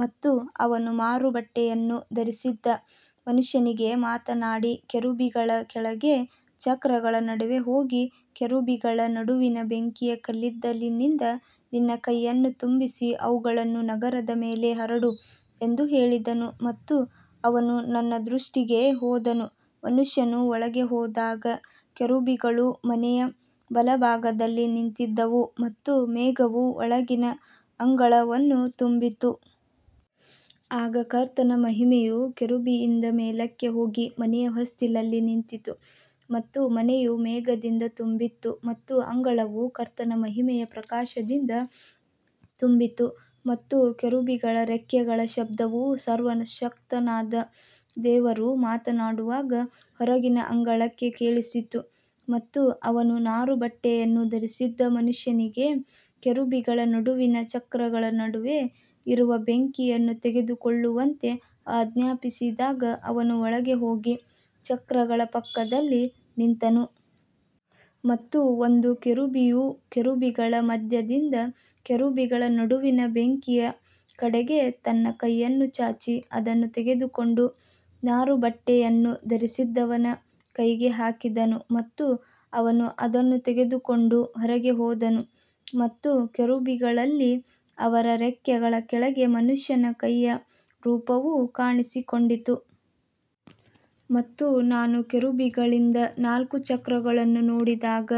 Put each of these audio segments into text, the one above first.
ಮತ್ತು ಅವನು ನಾರುಬಟ್ಟೆಯನ್ನು ಧರಿಸಿದ್ದ ಮನುಷ್ಯನಿಗೆ ಮಾತನಾಡಿ, ಕೆರೂಬಿಗಳ ಕೆಳಗೆ ಚಕ್ರಗಳ ನಡುವೆ ಹೋಗಿ, ಕೆರೂಬಿಗಳ ನಡುವಿನ ಬೆಂಕಿಯ ಕಲ್ಲಿದ್ದಲಿನಿಂದ ನಿನ್ನ ಕೈಯನ್ನು ತುಂಬಿಸಿ ಅವುಗಳನ್ನು ನಗರದ ಮೇಲೆ ಹರಡು ಎಂದು ಹೇಳಿದನು ಮತ್ತು ಅವನು ನನ್ನ ದೃಷ್ಟಿಗೆ ಹೋದನು. ಮನುಷ್ಯನು ಒಳಗೆ ಹೋದಾಗ ಕೆರೂಬಿಗಳು ಮನೆಯ ಬಲಭಾಗದಲ್ಲಿ ನಿಂತಿದ್ದವು ಮತ್ತು ಮೇಘವು ಒಳಗಿನ ಅಂಗಳವನ್ನು ತುಂಬಿತು. ಆಗ ಕರ್ತನ ಮಹಿಮೆಯು ಕೆರೂಬಿಯಿಂದ ಮೇಲಕ್ಕೆ ಹೋಗಿ ಮನೆಯ ಹೊಸ್ತಿಲಲ್ಲಿ ನಿಂತಿತು ಮತ್ತು ಮನೆಯು ಮೇಘದಿಂದ ತುಂಬಿತ್ತು ಮತ್ತು ಅಂಗಳವು ಕರ್ತನ ಮಹಿಮೆಯ ಪ್ರಕಾಶದಿಂದ ತುಂಬಿತ್ತು. ಮತ್ತು ಕೆರೂಬಿಗಳ ರೆಕ್ಕೆಗಳ ಶಬ್ದವು ಸರ್ವಶಕ್ತನಾದ ದೇವರು ಮಾತನಾಡುವಾಗ ಹೊರಗಿನ ಅಂಗಳಕ್ಕೆ ಕೇಳಿಸಿತು. ಮತ್ತು ಅವನು ನಾರುಬಟ್ಟೆಯನ್ನು ಧರಿಸಿದ್ದ ಮನುಷ್ಯನಿಗೆ ಕೆರೂಬಿಗಳ ನಡುವಿನ ಚಕ್ರಗಳ ನಡುವೆ ಇರುವ ಬೆಂಕಿಯನ್ನು ತೆಗೆದುಕೊಳ್ಳುವಂತೆ ಆಜ್ಞಾಪಿಸಿದಾಗ ಅವನು ಒಳಗೆ ಹೋಗಿ ಚಕ್ರಗಳ ಪಕ್ಕದಲ್ಲಿ ನಿಂತನು. ಮತ್ತು ಒಂದು ಕೆರೂಬಿಯು ಕೆರೂಬಿಗಳ ಮಧ್ಯದಿಂದ ಕೆರೂಬಿಗಳ ನಡುವಿನ ಬೆಂಕಿಯ ಕಡೆಗೆ ತನ್ನ ಕೈಯನ್ನು ಚಾಚಿ ಅದನ್ನು ತೆಗೆದುಕೊಂಡು ನಾರುಬಟ್ಟೆಯನ್ನು ಧರಿಸಿದ್ದವನ ಕೈಗೆ ಹಾಕಿದನು ಮತ್ತು ಅವನು ಅದನ್ನು ತೆಗೆದುಕೊಂಡು ಹೊರಗೆ ಹೋದನು. ಮತ್ತು ಕೆರೂಬಿಗಳಲ್ಲಿ ಅವರ ರೆಕ್ಕೆಗಳ ಕೆಳಗೆ ಮನುಷ್ಯನ ಕೈಯ ರೂಪವು ಕಾಣಿಸಿಕೊಂಡಿತು. ಮತ್ತು ನಾನು ಕೆರೂಬಿಗಳಿಂದ ನಾಲ್ಕು ಚಕ್ರಗಳನ್ನು ನೋಡಿದಾಗ,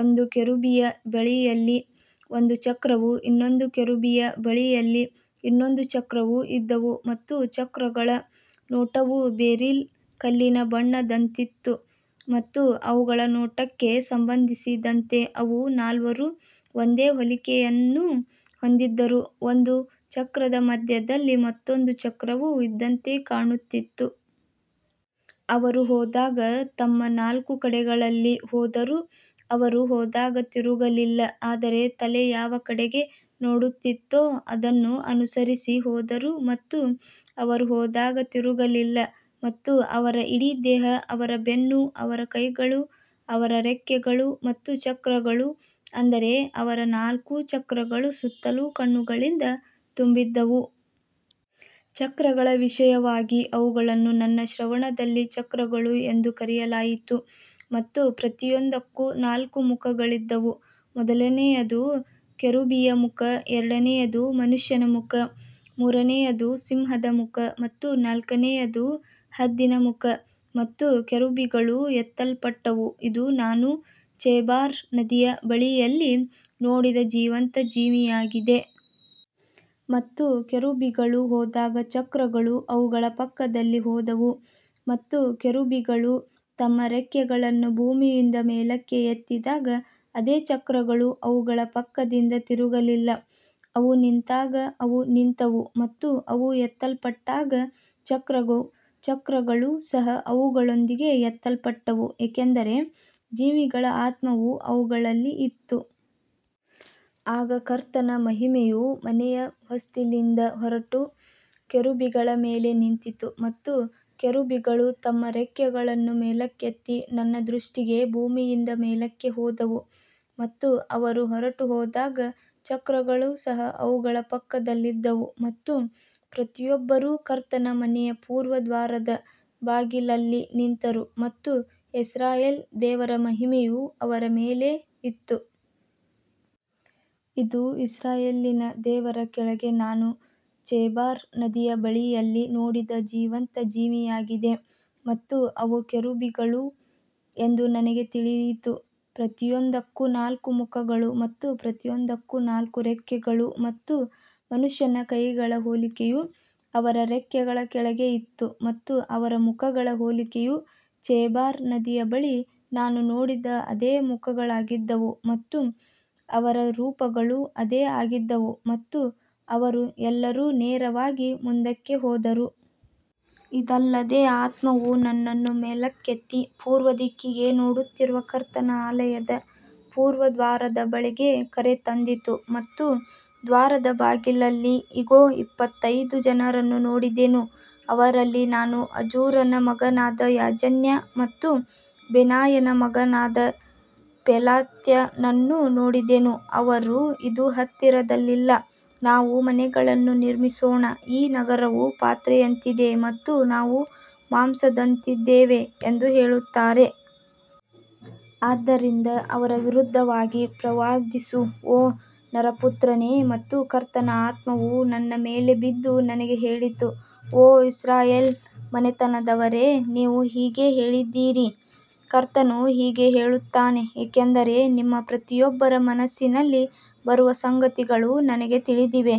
ಒಂದು ಕೆರೂಬಿಯ ಬಳಿಯಲ್ಲಿ ಒಂದು ಚಕ್ರವೂ ಇನ್ನೊಂದು ಕೆರೂಬಿಯ ಬಳಿಯಲ್ಲಿ ಇನ್ನೊಂದು ಚಕ್ರವೂ ಇದ್ದವು ಮತ್ತು ಚಕ್ರಗಳ ನೋಟವು ಬೆರಿಲ್ ಕಲ್ಲಿನ ಬಣ್ಣದಂತಿತ್ತು. ಮತ್ತು ಅವುಗಳ ನೋಟಕ್ಕೆ ಸಂಬಂಧಿಸಿದಂತೆ ಅವು ನಾಲ್ವರೂ ಒಂದೇ ಹೋಲಿಕೆಯನ್ನು ಹೊಂದಿದ್ದವು, ಒಂದು ಚಕ್ರದ ಮಧ್ಯದಲ್ಲಿ ಮತ್ತೊಂದು ಚಕ್ರವು ಇದ್ದಂತೆ ಕಾಣುತ್ತಿತ್ತು. ಅವರು ಹೋದಾಗ ತಮ್ಮ ನಾಲ್ಕು ಕಡೆಗಳಲ್ಲಿ ಹೋದರು, ಅವರು ಹೋದಾಗ ತಿರುಗಲಿಲ್ಲ, ಆದರೆ ತಲೆ ಯಾವ ಕಡೆಗೆ ನೋಡುತ್ತಿತ್ತೋ ಅದನ್ನು ಅನುಸರಿಸಿ ಹೋದರು ಮತ್ತು ಅವರು ಹೋದಾಗ ತಿರುಗಲಿಲ್ಲ. ಮತ್ತು ಅವರ ಇಡೀ ದೇಹ, ಅವರ ಬೆನ್ನು, ಅವರ ಕೈಗಳು, ಅವರ ರೆಕ್ಕೆಗಳು ಮತ್ತು ಚಕ್ರಗಳು, ಅಂದರೆ ಅವರ ನಾಲ್ಕು ಚಕ್ರಗಳು, ಸುತ್ತಲೂ ಕಣ್ಣುಗಳಿಂದ ತುಂಬಿದ್ದವು. ಚಕ್ರಗಳ ವಿಷಯವಾಗಿ ಅವುಗಳನ್ನು ನನ್ನ ಶ್ರವಣದಲ್ಲಿ ಚಕ್ರಗಳು ಎಂದು ಕರೆಯಲಾಯಿತು. ಮತ್ತು ಪ್ರತಿಯೊಂದಕ್ಕೂ ನಾಲ್ಕು ಮುಖಗಳಿದ್ದವು, ಮೊದಲನೆಯದು ಕೆರೂಬಿಯ ಮುಖ, ಎರಡನೆಯದು ಮನುಷ್ಯನ ಮುಖ, ಮೂರನೆಯದು ಸಿಂಹದ ಮುಖ ಮತ್ತು ನಾಲ್ಕನೆಯದು ಹದ್ದಿನ ಮುಖ. ಮತ್ತು ಕೆರೂಬಿಗಳು ಎತ್ತಲ್ಪಟ್ಟವು. ಇದು ನಾನು ಚೆಬಾರ್ ನದಿಯ ಬಳಿಯಲ್ಲಿ ನೋಡಿದ ಜೀವಂತ ಜೀವಿಯಾಗಿದೆ. ಮತ್ತು ಕೆರೂಬಿಗಳು ಹೋದಾಗ ಚಕ್ರಗಳು ಅವುಗಳ ಪಕ್ಕದಲ್ಲಿ ಹೋದವು ಮತ್ತು ಕೆರೂಬಿಗಳು ತಮ್ಮ ರೆಕ್ಕೆಗಳನ್ನು ಭೂಮಿಯಿಂದ ಮೇಲಕ್ಕೆ ಎತ್ತಿದಾಗ ಅದೇ ಚಕ್ರಗಳು ಅವುಗಳ ಪಕ್ಕದಿಂದ ತಿರುಗಲಿಲ್ಲ. ಅವು ನಿಂತಾಗ ಅವು ನಿಂತವು ಮತ್ತು ಅವು ಎತ್ತಲ್ಪಟ್ಟಾಗ ಚಕ್ರಗಳು ಸಹ ಅವುಗಳೊಂದಿಗೆ ಎತ್ತಲ್ಪಟ್ಟವು, ಏಕೆಂದರೆ ಜೀವಿಗಳ ಆತ್ಮವು ಅವುಗಳಲ್ಲಿ ಇತ್ತು. ಆಗ ಕರ್ತನ ಮಹಿಮೆಯು ಮನೆಯ ಹೊಸ್ತಿಲಿಂದ ಹೊರಟು ಕೆರೂಬಿಗಳ ಮೇಲೆ ನಿಂತಿತು. ಮತ್ತು ಕೆರೂಬಿಗಳು ತಮ್ಮ ರೆಕ್ಕೆಗಳನ್ನು ಮೇಲಕ್ಕೆತ್ತಿ ನನ್ನ ದೃಷ್ಟಿಗೆ ಭೂಮಿಯಿಂದ ಮೇಲಕ್ಕೆ ಹೋದವು ಮತ್ತು ಅವರು ಹೊರಟುಹೋದಾಗ ಚಕ್ರಗಳು ಸಹ ಅವುಗಳ ಪಕ್ಕದಲ್ಲಿದ್ದವು. ಮತ್ತು ಪ್ರತಿಯೊಬ್ಬರೂ ಕರ್ತನ ಮನೆಯ ಪೂರ್ವ ದ್ವಾರದ ಬಾಗಿಲಲ್ಲಿ ನಿಂತರು ಮತ್ತು ಇಸ್ರಾಯೇಲ್ ದೇವರ ಮಹಿಮೆಯು ಅವರ ಮೇಲೆ ಇತ್ತು. ಇದು ಇಸ್ರಾಯೇಲಿನ ದೇವರ ಕೆಳಗೆ ನಾನು ಚೆಬಾರ್ ನದಿಯ ಬಳಿಯಲ್ಲಿ ನೋಡಿದ ಜೀವಂತ ಜೀವಿಯಾಗಿದೆ ಮತ್ತು ಅವು ಕೆರೂಬಿಗಳು ಎಂದು ನನಗೆ ತಿಳಿಯಿತು. ಪ್ರತಿಯೊಂದಕ್ಕೂ ನಾಲ್ಕು ಮುಖಗಳು ಮತ್ತು ಪ್ರತಿಯೊಂದಕ್ಕೂ ನಾಲ್ಕು ರೆಕ್ಕೆಗಳು ಮತ್ತು ಮನುಷ್ಯನ ಕೈಗಳ ಹೋಲಿಕೆಯು ಅವರ ರೆಕ್ಕೆಗಳ ಕೆಳಗೆ ಇತ್ತು. ಮತ್ತು ಅವರ ಮುಖಗಳ ಹೋಲಿಕೆಯು ಚೆಬಾರ್ ನದಿಯ ಬಳಿ ನಾನು ನೋಡಿದ ಅದೇ ಮುಖಗಳಾಗಿದ್ದವು ಮತ್ತು ಅವರ ರೂಪಗಳೂ ಅದೇ ಆಗಿದ್ದವು ಮತ್ತು ಅವರು ಎಲ್ಲರೂ ನೇರವಾಗಿ ಮುಂದಕ್ಕೆ ಹೋದರು. ಇದಲ್ಲದೆ ಆತ್ಮವು ನನ್ನನ್ನು ಮೇಲಕ್ಕೆತ್ತಿ ಪೂರ್ವ ದಿಕ್ಕಿಗೆ ನೋಡುತ್ತಿರುವ ಕರ್ತನ ಆಲಯದ ಪೂರ್ವ ದ್ವಾರದ ಬಳಿಗೆ ಕರೆತಂದಿತು ಮತ್ತು ದ್ವಾರದ ಬಾಗಿಲಲ್ಲಿ ಇಗೋ, ಇಪ್ಪತ್ತೈದು ಜನರನ್ನು ನೋಡಿದೆನು. ಅವರಲ್ಲಿ ನಾನು ಅಜೂರನ ಮಗನಾದ ಯಾಜನ್ಯ ಮತ್ತು ಬೆನಾಯನ ಮಗನಾದ ಪೆಲಾತ್ಯನನ್ನು ನೋಡಿದೆನು. ಅವರು, ಇದು ಹತ್ತಿರದಲ್ಲಿಲ್ಲ, ನಾವು ಮನೆಗಳನ್ನು ನಿರ್ಮಿಸೋಣ, ಈ ನಗರವು ಪಾತ್ರೆಯಂತಿದೆ ಮತ್ತು ನಾವು ಮಾಂಸದಂತಿದ್ದೇವೆ ಎಂದು ಹೇಳುತ್ತಾರೆ. ಆದ್ದರಿಂದ ಅವರ ವಿರುದ್ಧವಾಗಿ ಪ್ರವಾದಿಸು, ಓ ನರಪುತ್ರನೇ. ಮತ್ತು ಕರ್ತನ ಆತ್ಮವು ನನ್ನ ಮೇಲೆ ಬಿದ್ದು ನನಗೆ ಹೇಳಿತು, ಓ ಇಸ್ರಾಯೇಲ್ ಮನೆತನದವರೇ, ನೀವು ಹೀಗೆ ಹೇಳಿದ್ದೀರಿ. ಕರ್ತನು ಹೀಗೆ ಹೇಳುತ್ತಾನೆ, ಏಕೆಂದರೆ ನಿಮ್ಮ ಪ್ರತಿಯೊಬ್ಬರ ಮನಸ್ಸಿನಲ್ಲಿ ಬರುವ ಸಂಗತಿಗಳು ನನಗೆ ತಿಳಿದಿವೆ.